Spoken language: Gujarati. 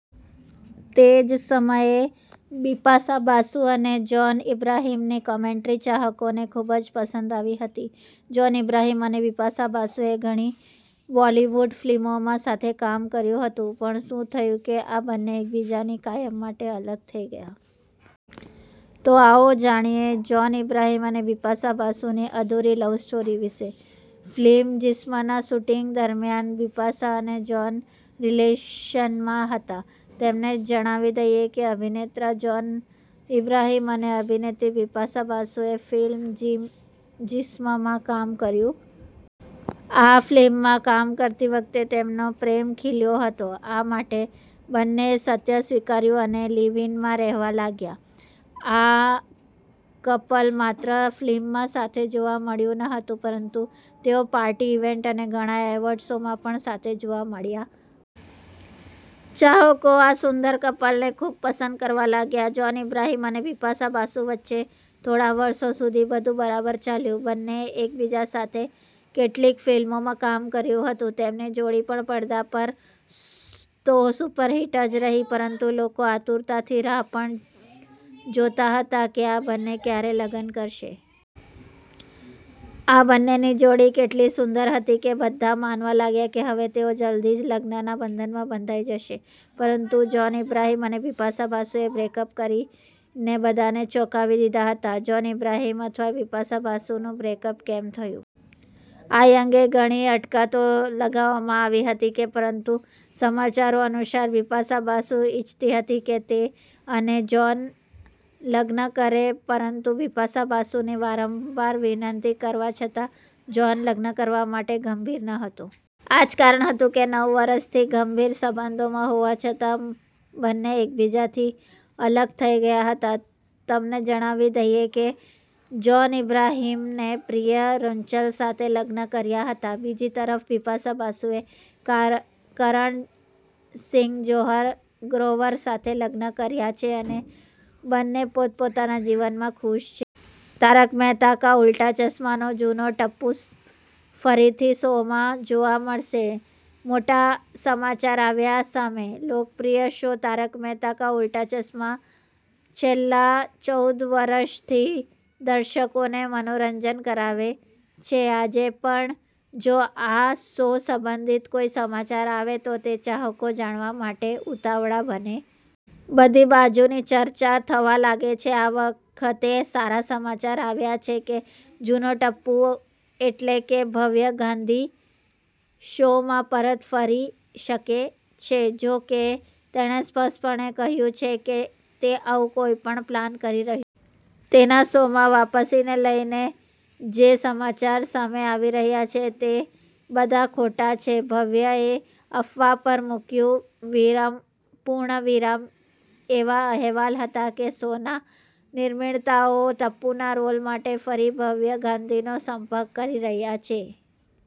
તે જ સમયે, બિપાશા બાસુ અને જોન અબ્રાહમની કેમેસ્ટ્રી ચાહકોને ખૂબ જ પસંદ આવી હતી.જોન અબ્રાહમ અને બિપાશા બાસુએ ઘણી બોલિવૂડ ફિલ્મોમાં સાથે કામ કર્યું હતું. પણ શું થયું કે આ બંને એકબીજાથી કાયમ માટે અલગ થઈ ગયા. તો આવો જાણીએ જોન અબ્રાહમ અને બિપાશા બાસુની અધૂરી લવ સ્ટોરી વિશે. ફિલ્મ 'જિસ્મ'ના શૂટિંગ દરમિયાન બિપાશા અને જોન રીલેશન મા હતા. તમને જણાવી દઈએ કે અભિનેતા જોન અબ્રાહમ અને અભિનેત્રી બિપાશા બાસુએ ફિલ્મ "જિસ્મ " માં કામ કર્યું હતું. આ ફિલ્મમાં કામ કરતી વખતે તેમનો પ્રેમ ખીલ્યો હતો. આ પછી બંનેએ સત્ય સ્વીકાર્યું અને લિવ-ઈનમાં રહેવા લાગ્યા. આ કપલ માત્ર ફિલ્મમાં સાથે જોવા મળ્યું ન હતું, પરંતુ તેઓ પાર્ટી ઈવેન્ટ્સ અને ઘણા એવોર્ડ શોમાં પણ સાથે જોવા મળ્યા ચાહકો આ સુંદર કપલને ખૂબ પસંદ કરવા લાગ્યા. જોન ઇબ્રાહિમ અને બિપાશા બાસુ વચ્ચે થોડા વર્ષો સુધી બધું બરાબર ચાલ્યું. બંનેએ એકબીજા સાથે કેટલીક ફિલ્મોમાં કામ કર્યું હતું. તેમની જોડી પણ પડદા પર તો સુપરહિટ રહી જ પરંતુ લોકો આતુરતાથી રાહ પણ જોતા હતા કે આ બંને ક્યારે લગ્ન કરશે. આ બંનેની જોડી કેટલી સુંદર હતી કે બધા માનવા લાગ્યા કે હવે તેઓ જલ્દી જ લગ્નના બંધનમાં બંધાઈ જશે. પરંતુ જોન ઈબ્રાહમ અને બિપાશા બાસુએ બ્રેકઅપ કરીને બધાને ચોંકાવી દીધા હતા. જોન ઇબ્રાહમ અથવા બિપાશા બાસુનું બ્રેકઅપ કેમ થયું. આ અંગે ઘણી અટકળતો લગાવવામાં આવી રહી છે, પરંતુ સમાચારો અનુસાર, બિપાશા બાસુ ઈચ્છતી હતી કે તે અને જોન લગ્ન કરે પરંતુ બિપાશા બાસુની વારંવાર વિનંતી કરવા છતાં જોન લગ્ન કરવા માટે ગંભીર ન હતો. આ જ કારણ હતું કે નવ વર્ષથી ગંભીર સંબંધમાં હોવા છતાં બંને એકબીજાથી અલગ થઈ ગયા હતા. તમને જણાવી દઈએ કે જોન ઈબ્રાહમે પ્રિયા રૂંચલ સાથે લગ્ન કર્યા હતા. બીજી તરફ, બિપાશા બાસુએ કરણ સિંહ જોહર ગ્રોવર સાથે લગ્ન કર્યા છે અને બંને પોતપોતાના જીવનમાં ખુશ છે. 'તારક મહેતા કા ઉલ્ટા ચશ્મા' નો જુનો ટપ્પુ ફરીથી શોમાં જોવા મળશે? મોટા સમાચાર આવ્યા સામે. લોકપ્રિય શો 'તારક મહેતા કા ઉલ્ટા ચશ્મા' છેલ્લા ચૌદ વર્ષથી દર્શકોને મનોરંજન કરાવે છે. આજે પણ જો આ શો સંબંધિત કોઈ સમાચાર આવે છે તો તે ચાહકો જાણવા માટે ઉતાવળા બને છે. બધી બાજુ તેની ચર્ચા થવા લાગે છે. આ વખતે સારા સમાચાર આવ્યા છે કે જુનો ટપ્પુ એટલે કે ભવ્ય ગાંધી શોમાં પરત ફરી શકે છે. જો કે, તેણે સ્પષ્ટપણે કહ્યું છે કે તે આવું કંઈપણ પ્લાન કરી રહ્યો તેના શોમાં વાપસીને લઈને જે સમાચારો સામે આવી રહ્યા છે તે બધા ખોટા છે. ભવ્યએ અફવા પર મુક્યું પૂર્ણવિરામ: એવા અહેવાલ હતા કે શોના નિર્માતાઓ ટપ્પુના રોલ માટે ફરી ભવ્ય ગાંધીનો સંપર્ક કરી રહ્યા છે.